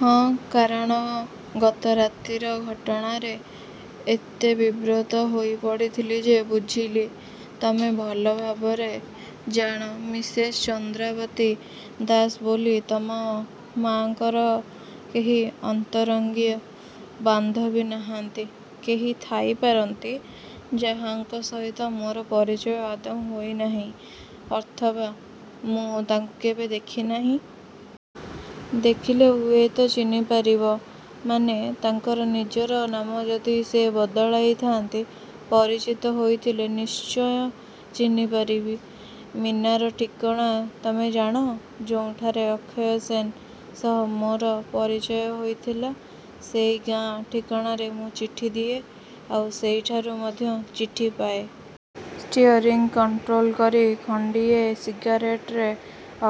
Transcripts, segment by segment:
ହଁ, କାରଣ ଗତ ରାତିର ଘଟଣାରେ ଏତେ ବିବ୍ରତ ହୋଇପଡ଼ିଥିଲି ଯେ... ବୁଝିଲି। ତମେ ଭଲ ଭାବରେ ଜାଣ ମିସେସ୍ ଚନ୍ଦ୍ରାବତୀ ଦାସ ବୋଲି ତମ ମାଆଙ୍କର କେହି ଅନ୍ତରଙ୍ଗ ବାନ୍ଧବୀ ନାହାନ୍ତି? କେହି ଥାଇପାରନ୍ତି, ଯାହାଙ୍କ ସହିତ ମୋର ପରିଚୟ ଆଦୌ ହୋଇନାହିଁ ଅଥବା ମୁଁ ତାଙ୍କୁ କେବେ ଦେଖିନାହିଁ। ଦେଖିଲେ ହୁଏ ତ ଚିହ୍ନିପାରିବ... ମାନେ, ତାଙ୍କର ନିଜର ନାମ ଯଦି ସେ ବଦଳାଇ ଥାଆନ୍ତି... ପରିଚିତ ହୋଇଥିଲେ ନିଶ୍ଚିୟ ଚିହ୍ନିପାରିବି। ମୀନାର ଠିକଣା ତମେ ଜାଣ? ଯୋଉଁଠାରେ ଅକ୍ଷୟ ସେନ୍ ସହ ମୋର ପରିଚୟ ହୋଇଥିଲା, ସେଇ ଗାଆଁ ଠିକଣାରେ ମୁଁ ଚିଠି ଦିଏ, ଆଉ ସେଇଠାରୁ ମଧ୍ୟ ଚିଠି ପାଏ। ଷ୍ଟିଅରିଂ କଣ୍ଟ୍ରୋଲ କରି ଖଣ୍ଡିଏ ସିଗାରେଟରେ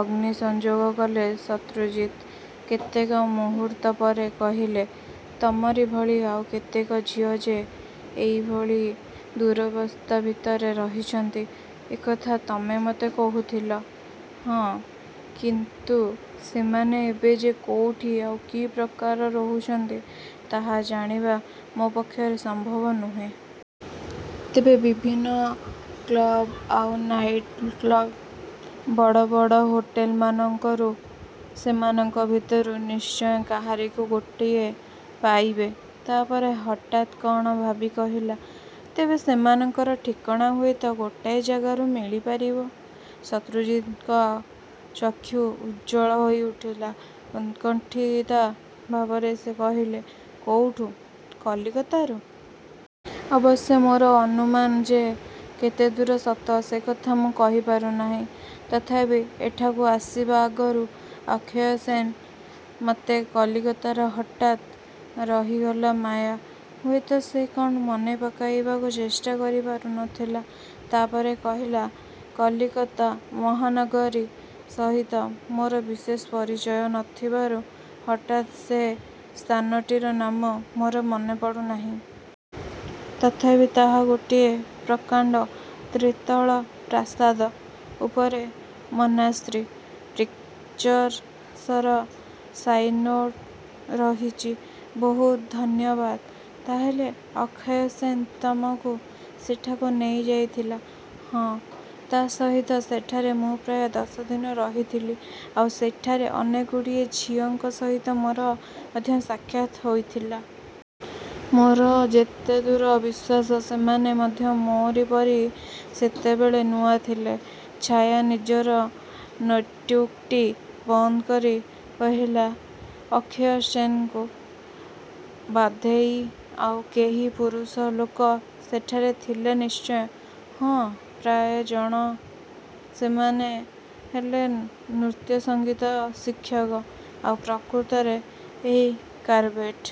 ଅଗ୍ନି ସଂଯୋଗ କଲେ ଶତ୍ରୁଜିତ୍। କେତେକ ମୁହୂର୍ତ୍ତ ପରେ କହିଲେ—ତମରି ଭଳି ଆଉ କେତେକ ଝିଅ ଯେ ଏଇଭଳି ଦୁରବସ୍ଥା ଭିତରେ ରହିଛନ୍ତି, ଏକଥା ତମେ ମୋତେ କହୁଥିଲ? ହଁ। କିନ୍ତୁ ସେମାନେ ଏବେ ଯେ କୋଉଠି ଆଉ କି ପ୍ରକାର ରହୁଛନ୍ତି ତାହା ଜାଣିବା ମୋ ପକ୍ଷରେ ସମ୍ଭବ ନୁହେଁ। ତେବେ ବିଭିନ୍ନ କ୍ଲବ୍ ଆଉ ନାଇଟ୍କ୍ଲବ୍, ବଡ଼ବଡ଼ ହୋଟେଲମାନଙ୍କରୁ ସେମାନଙ୍କ ଭିତରୁ ନିଶ୍ଚୟ କାହାରିକୁ ଗୋଟିଏ ପାଇବେ। ତା'ପରେ ହଠାତ୍ କ'ଣ ଭାବି କହିଲା–ତେବେ ସେମାନଙ୍କର ଠିକଣା ହୁଏତ ଗୋଟାଏ ଜାଗାରୁ ମିଳିପାରିବ? ଶତ୍ରୁଜିତଙ୍କ ଚକ୍ଷୁ ଉଜ୍ଜ୍ୱଳ ହୋଇଉଠିଲା। ଉତ୍କଣ୍ଠିତା ଭାବରେ ସେ କହିଲେ–କୋଉଠୁ-? କଲିକତାରୁ... ଅବଶ୍ୟ ମୋର ଅନୁମାନ ଯେ କେତେଦୂର ସତ ସେକଥା ମୁଁ କହିପାରୁନାହିଁ। ତଥାପି ଏଠାକୁ ଆସିବା ଆଗରୁ ଅକ୍ଷୟ ସେନ୍ ମୋତେ କଲିକତାର ହଠାତ୍ ରହିଗଲା ମାୟା; ହୁଏତ ସେ କ'ଣ ମନେ ପକାଇବାକୁ ଚେଷ୍ଟା କରି ପାରୁ ନ ଥିଲା। ତା'ପରେ କହିଲା—କଲିକତା ମହାନଗରୀ ସହିତ ମୋର ବିଶେଷ ପରିଚୟ ନ ଥିବାରୁ ହଠାତ୍ ସେ ସ୍ଥାନଟିର ନାମ ମୋର ମନେ ପଡ଼ୁନାହିଁ। ତଥାପି ତାହା ଗୋଟିଏ ପ୍ରକାଣ୍ଡ ତ୍ରିତଳ ପ୍ରାସାଦ। ଉପରେ 'ମନାଶ୍ରୀ' ପିକ୍ଚରସର ସାଇନ୍ବୋର୍ଡ ରହିଛି। ବହୁତ ଧନ୍ୟବାଦ। ତା'ହେଲେ ଅକ୍ଷୟ ସେନ୍ ତମକୁ ସେଠାକୁ ନେଇଯାଇଥିଲା? ହଁ। ତା' ସହିତ ସେଠାରେ ମୁଁ ପ୍ରାୟ ଦଶଦିନ ରହିଥିଲି। ଆଉ ସେଠାରେ ଅନେକଗୁଡ଼ିଏ ଝିଅଙ୍କ ସହିତ ମୋର ମଧ୍ୟ ସାକ୍ଷାତ୍ ହୋଇଥିଲା। ମୋର ଯେତେଦୂର ବିଶ୍ୱାସ ସେମାନେ ମଧ୍ୟ ମୋ'ରି ପରି ସେତେବେଳେ ନୂଆ ଥିଲେ। ଛାୟା ନିଜର ନୋଟ୍ବୁକ୍ଟି ବନ୍ଦ କରି କହିଲା—ଅକ୍ଷୟ ସେନ୍କୁ ବାଦ୍ଦେଇ ଆଉ କେହି ପୁରୁଷ ଲୋକ ସେଠାରେ ଥିଲେ ନିଶ୍ଚୟ? ହଁ, ପ୍ରାୟ। ଜଣ। ସେମାନେ ହେଲେ ନୃତ୍ୟସଙ୍ଗୀତ ଶିକ୍ଷକ। ଆଉ ପ୍ରକୃତରେ ଏଇ କାରବେଟ୍।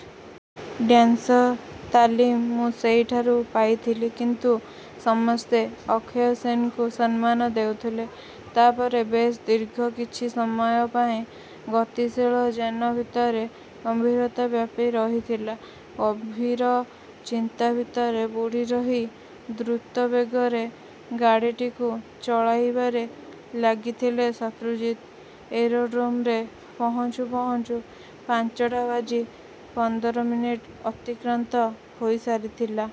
ଡ୍ୟାନ୍ସର ତାଲିମ ମୁଁ ସେଇଠାରୁ ପାଇଥିଲି। କିନ୍ତୁ ସମସ୍ତେ ଅକ୍ଷୟ ସେନ୍କୁ ସମ୍ମାନ ଦେଉଥିଲେ। ତା'ପରେ ବେଶ୍ ଦୀର୍ଘ କିଛି ସମୟ ପାଇଁ ଗତିଶୀଳ ଯାନ ଭିତରେ ଗମ୍ଭୀରତା ବ୍ୟାପି ରହିଥିଲା। ଗଭୀର ଚିନ୍ତା ଭିତରେ ବୁଡ଼ିରହି ଦ୍ରୁତବେଗରେ ଗାଡ଼ିଟିକୁ ଚଳାଇବାରେ ଲାଗିଥିଲେ ଶତ୍ରୁଜିତ୍। ଏରୋଡ୍ରୋମରେ ପହଞ୍ଚୁ ପହଞ୍ଚୁ ପାଞ୍ଚଟା ବାଜି ପନ୍ଦର ମିନିଟ୍ ଅତିକ୍ରାନ୍ତ ହୋଇସାରିଥିଲା-।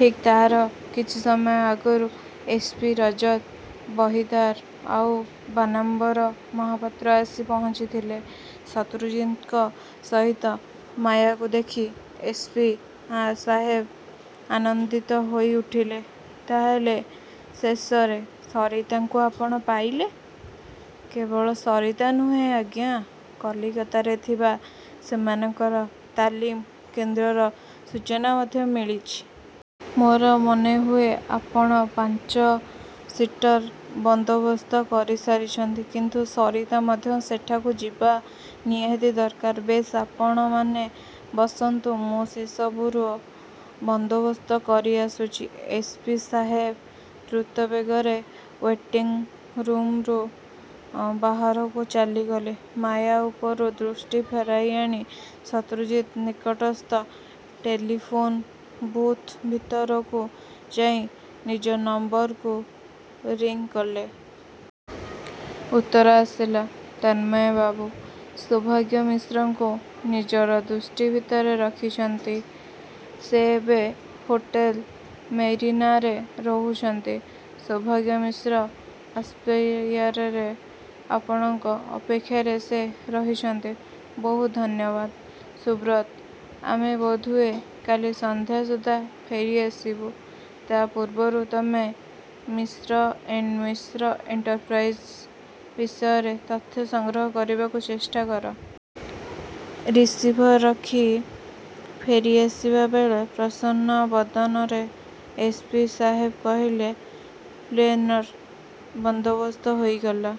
ଠିକ୍ ତା'ର କିଛି ସମୟ ଆଗରୁ ଏସ୍. ପି. ରଜତ ବହିଦାର ଆଉ ବାନାମ୍ବର ମହାପାତ୍ର ଆସି ପହଞ୍ଚିଥିଲେ। ଶତ୍ରୁଜିତ୍ଙ୍କ ସହିତ ମାୟାକୁ ଦେଖି ଏସ୍. ପି. ସାହେବ ଆନନ୍ଦିତ ହୋଇଉଠିଲେ—ତା' ହେଲେ ଶେଷରେ ସରିତାଙ୍କୁ ଆପଣ ପାଇଲେ? କେବଳ ସରିତା ନୁହେ, ଆଜ୍ଞା କଲିକତାରେ ଥିବା ସେମାନଙ୍କର ତାଲିମ କେନ୍ଦ୍ରର ସୂଚନା ମଧ୍ୟ ମିଳିଛି। ମୋର ମନେହୁଏ ଆପଣ ପାଞ୍ଚ ସିଟର୍ର ବନ୍ଦୋବସ୍ତ କରିସାରିଛନ୍ତି। କିନ୍ତୁ ସରିତା ମଧ୍ୟ ସେଠାକୁ ଯିବା ନିହାତି ଦରକାର। ବେଶ୍ ଆପଣମାନେ ବସନ୍ତୁ। ମୁଁ ସେସବୁର ବନ୍ଦୋବସ୍ତ କରିଆସୁଛି। ଏସ୍. ପି. ସାହେବ ଦ୍ରୁତବେଗରେ ଓ୍ୱେଟିଂ ରୂମ୍ରୁ ବାହାରକୁ ଚାଲିଗଲେ। ମାୟା ଉପରୁ ଦୃଷ୍ଟି ଫେରାଇଆଣି ଶତ୍ରୁଜିତ୍ ନିକଟସ୍ଥ ଟେଲିଫୋନ୍ ବୁଥ୍ ଭିତରକୁ ଯାଇ ନିଜ ନମ୍ବରକୁ ରିଂ କଲେ। ଉତ୍ତର ଆସିଲା—ତନ୍ମୟବାବୁ ସୌଭାଗ୍ୟ ମିଶ୍ରଙ୍କୁ ନିଜର ଦୃଷ୍ଟି ଭିତରେ ରଖିଛନ୍ତି। ସେ ଏବେ ହୋଟେଲ 'ମେରୀନା'ରେ ରହୁଛନ୍ତି। ସୌଭାଗ୍ୟ ମିଶ୍ର ଅପ୍ଷ୍ଟେୟାରରେ। ଆପଣଙ୍କ ଅପେକ୍ଷାରେ ସେ ରହିଛନ୍ତି। ବହୁତ ଧନ୍ୟବାଦ, ସୁବ୍ରତ! ଆମେ ବୋଧହୁଏ କାଲି ସଂଧ୍ୟା ସୁଦ୍ଧା ଫେରିଆସିବୁଁ। ତା' ପୂର୍ବରୁ ତମେ ମିଶ୍ର ଏଣ୍ଡ୍ ମିଶ୍ର ଏଣ୍ଟରପ୍ରାଇଜର୍ସ ବିଷୟରେ ତଥ୍ୟ ସଂଗ୍ରହ କରିବାକୁ ଚେଷ୍ଟା କର। ରିସିଭର ରଖି ଫେରିଆସିବା ବେଳେ ପ୍ରସନ୍ନ ବଦନରେ ଏସ୍. ପି. ସାହେବ କହିଲେ—ପ୍ଲେନ୍ର ବନ୍ଦୋବସ୍ତ ହେଇଗଲା।